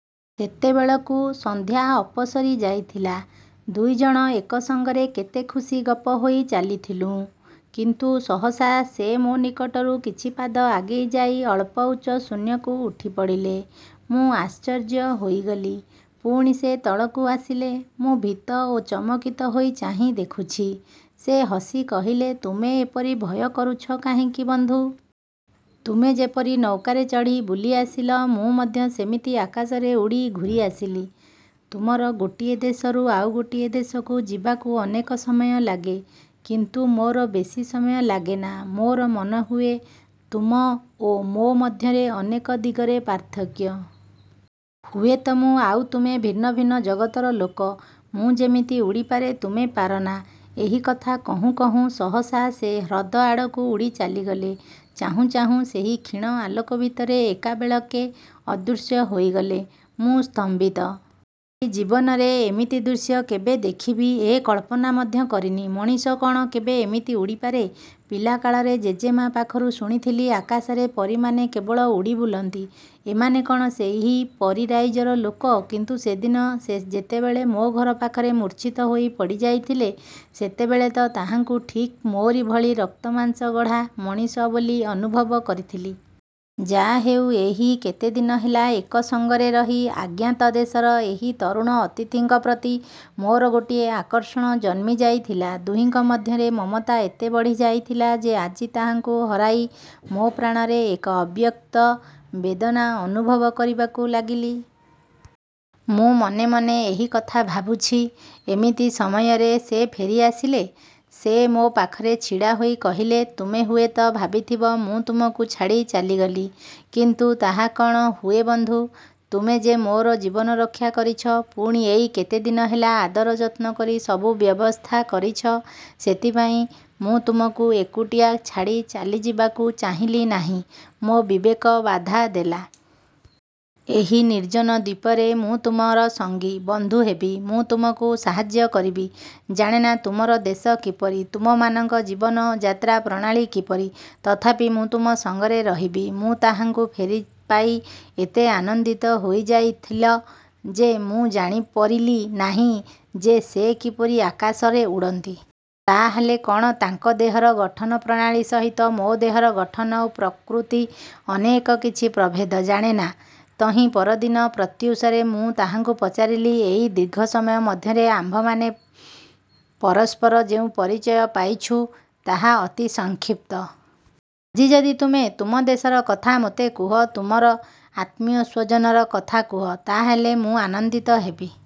ସେତେବେଳକୁ ସନ୍ଧ୍ୟା ଅପସରିଯାଇଥିଲା। ଦୁଇ ଜଣ ଏକ ସଙ୍ଗରେ କେତେ ଖୁସି ଗପ ହୋଇ ଚାଲିଥିଲୁଁ। କିନ୍ତୁ ସହସା ସେ ମୋ ନିକଟରୁ କିଛି ପାଦ ଆଗେଇଯାଇ ଅଳ୍ପ ଉଚ୍ଚ ଶୂନ୍ୟକୁ ଉଠିପଡ଼ିଲେ। ମୁଁ ଆଶ୍ଚର୍ଯ୍ୟ ହୋଇଗଲି, ପୁଣି ସେ ତଳକୁ ଆସିଲେ। ମୁଁ ଭୀତ ଓ ଚମକିତ ହୋଇ ଚାହିଁ ଦେଖୁଛି, ସେ ହସି କହିଲେ, ''ତୁମେ ଏପରି ଭୟ କରୁଛ କାହିଁକି ବନ୍ଧୁ? ତୁମେ ଯେପରି ନୌକାରେ ଚଢ଼ି ବୁଲି ଆସିଲ, ମୁଁ ମଧ୍ୟ ସେମିତି ଆକାଶରେ ଉଡ଼ି ଘୂରି ଆସିଲି। ତୁମର ଗୋଟିଏ ଦେଶରୁ ଆଉ ଗୋଟିଏ ଦେଶକୁ ଯିବାକୁ ଅନେକ ସମୟ ଲାଗେ; କିନ୍ତୁ ମୋର ବେଶୀ ସମୟ ଲାଗେନା। ମୋର ମନେହୁଏ ତୁମ ଓ ମୋ ମଧ୍ୟରେ ଅନେକ ଦିଗରେ ପାର୍ଥକ୍ୟ। ହୁଏତ ମୁଁ ଆଉ ତୁମେ ଭିନ୍ନ ଭିନ୍ନ ଜଗତର ଲୋକ। ମୁଁ ଯେମିତି ଉଡ଼ିପାରେ, ତୁମେ ପାରନା,-ଏହି କଥା କହୁଁ କହୁଁ ସହସା ସେ ହ୍ରଦ ଆଡ଼କୁ ଉଡ଼ି ଚାଲିଗଲେ। ଚାହୁଁ ଚାହୁଁ ସେହି କ୍ଷୀଣ ଆଲୋକ ଭିତରେ ଏକାବେଳକେ ଅଦୃଶ୍ୟ ହୋଇଗଲେ। ମୁଁ ସ୍ତମ୍ଭିତ। ଭାବିଲି, ଜୀବନରେ ଏମିତି ଦୃଶ୍ୟ କେବେ ଦେଖିବି, ଏ କଳ୍ପନା ମଧ୍ୟ କରିନି। ମଣିଷ କ'ଣ କେବେ ଏମିତି ଉଡ଼ିପାରେ? ପିଲାକାଳରେ ଜେଜେମା' ପାଖରୁ ଶୁଣିଥିଲି, ଆକାଶରେ ପରୀମାନେ କେବଳ ଉଡ଼ିବୁଲନ୍ତି। ଏମାନେ କ'ଣ ସେହି ପରୀ ରାଇଜର ଲୋକ! କିନ୍ତୁ ସେଦିନ ସେ ଯେତେବେଳେ ମୋ ଘର ପାଖରେ ମୂର୍ଚ୍ଛିତ ହୋଇ ପଡ଼ିଯାଇଥିଲେ, ସେତେବେଳେ ତ ତାହାଙ୍କୁ ଠିକ୍ ମୋରି ଭଳି ରକ୍ତମାଂସ ଗଢ଼ା ମଣିଷ ବୋଲି ଅନୁଭବ କରିଥିଲି। ଯାହାହେଉ ଏହି କେତେଦିନ ହେଲା ଏକ ସଙ୍ଗରେ ରହି ଆଜ୍ଞାତ ଦେଶର ଏହି ତରୁଣ ଅତିଥିଙ୍କ ପ୍ରତି ମୋର ଗୋଟିଏ ଆକର୍ଷଣ ଜନ୍ମି ଯାଇଥିଲା। ଦୁହିଁଙ୍କ ମଧ୍ୟରେ ମମତା ଏତେ ବଢ଼ିଯାଇଥିଲା ଯେ ଆଜି ତାହାଙ୍କୁ ହରାଇ ମୋ ପ୍ରାଣରେ ଏକ ଅବ୍ୟକ୍ତ ବେଦନା ଅନୁଭବ କରିବାକୁ ଲାଗିଲି। ମୁଁ ମନେ ମନେ ଏହି କଥା ଭାବୁଛି, ଏମିତି ସମୟରେ ସେ ଫେରିଆସିଲେ। ସେ ମୋ ପାଖରେ ଛିଡ଼ା ହୋଇ କହିଲେ, ''ତୁମେ ହୁଏତ ଭାବିଥିବ, ମୁଁ ତୁମକୁ ଛାଡ଼ି ଚାଲିଗଲି। କିନ୍ତୁ ତାହା କ'ଣ ହୁଏ ବନ୍ଧୁ! ତୁମେ ଯେ ମୋର ଜୀବନ ରକ୍ଷା କରିଛ, ପୁଣି ଏଇ କେତେଦିନ ହେଲା ଆଦର ଯତ୍ନ କରି ସବୁ ବ୍ୟବସ୍ଥା କରିଛ, ସେଥିପାଇଁ ମୁଁ ତୁମକୁ ଏକୁଟିଆ ଛାଡ଼ି ଚାଲିଯିବାକୁ ଚାହିଁଲି ନାହିଁ, ମୋ ବିବେକ ବାଧା ଦେଲା। ଏଇ ନିର୍ଜନ ଦ୍ୱୀପରେ ମୁଁ ତୁମର ସଙ୍ଗୀ, ବନ୍ଧୁ ହେବି, ମୁଁ ତୁମକୁ ସାହାଯ୍ୟ କରିବି। ଜାଣେନା ତୁମର ଦେଶ କିପରି, ତୁମମାନଙ୍କ ଜୀବନ ଯାତ୍ରା ପ୍ରାଣାଳୀ କିପରି, ତଥାପି ମୁଁ ତୁମ ସଙ୍ଗରେ ରହିବି। '' ମୁଁ ତାହାଙ୍କୁ ଫେରିପାଇ ଏତେ ଆନନ୍ଦିତ ହୋଇଯାଇଥିଲ ଯେ, ମୁଁ ଜାଣିପରିଲି ନାହିଁ ଯେ ସେ କିପରି ଆକାଶରେ ଉଡ଼ନ୍ତି। ତାହାହେଲେ କ'ଣ ତାଙ୍କ ଦେହର ଗଠନ ପ୍ରଣାଳୀ ସହିତ ମୋ ଦେହର ଗଠନ ଓ ପ୍ରକୃତି ଅନେକ କିଛି ପ୍ରଭେଦ,-ଜାଣେନା। ତହିଁ ପରିଦିନ ପ୍ରତ୍ୟୁଷରେ ମୁଁ ତାହାଙ୍କୁ ପଚାରିଲି, ''ଏଇ ଦୀର୍ଘ ସମୟ ମଧ୍ୟରେ ଆମ୍ଭମାନେ ପରସ୍ପର ଯେଉଁ ପରିଚୟ ପାଇଛୁ, ତାହା ଅତି ସଂକ୍ଷିପ୍ତ। ଆଜି ଯଦି ତୁମେ ତୁମ ଦେଶର କଥା ମୋତେ କୁହ, ତୁମର ଆତ୍ମୀୟସ୍ୱଜନର କଥା କୁହ, ତାହାହେଲେ ମୁଁ ଆନନ୍ଦିତ ହେବି-।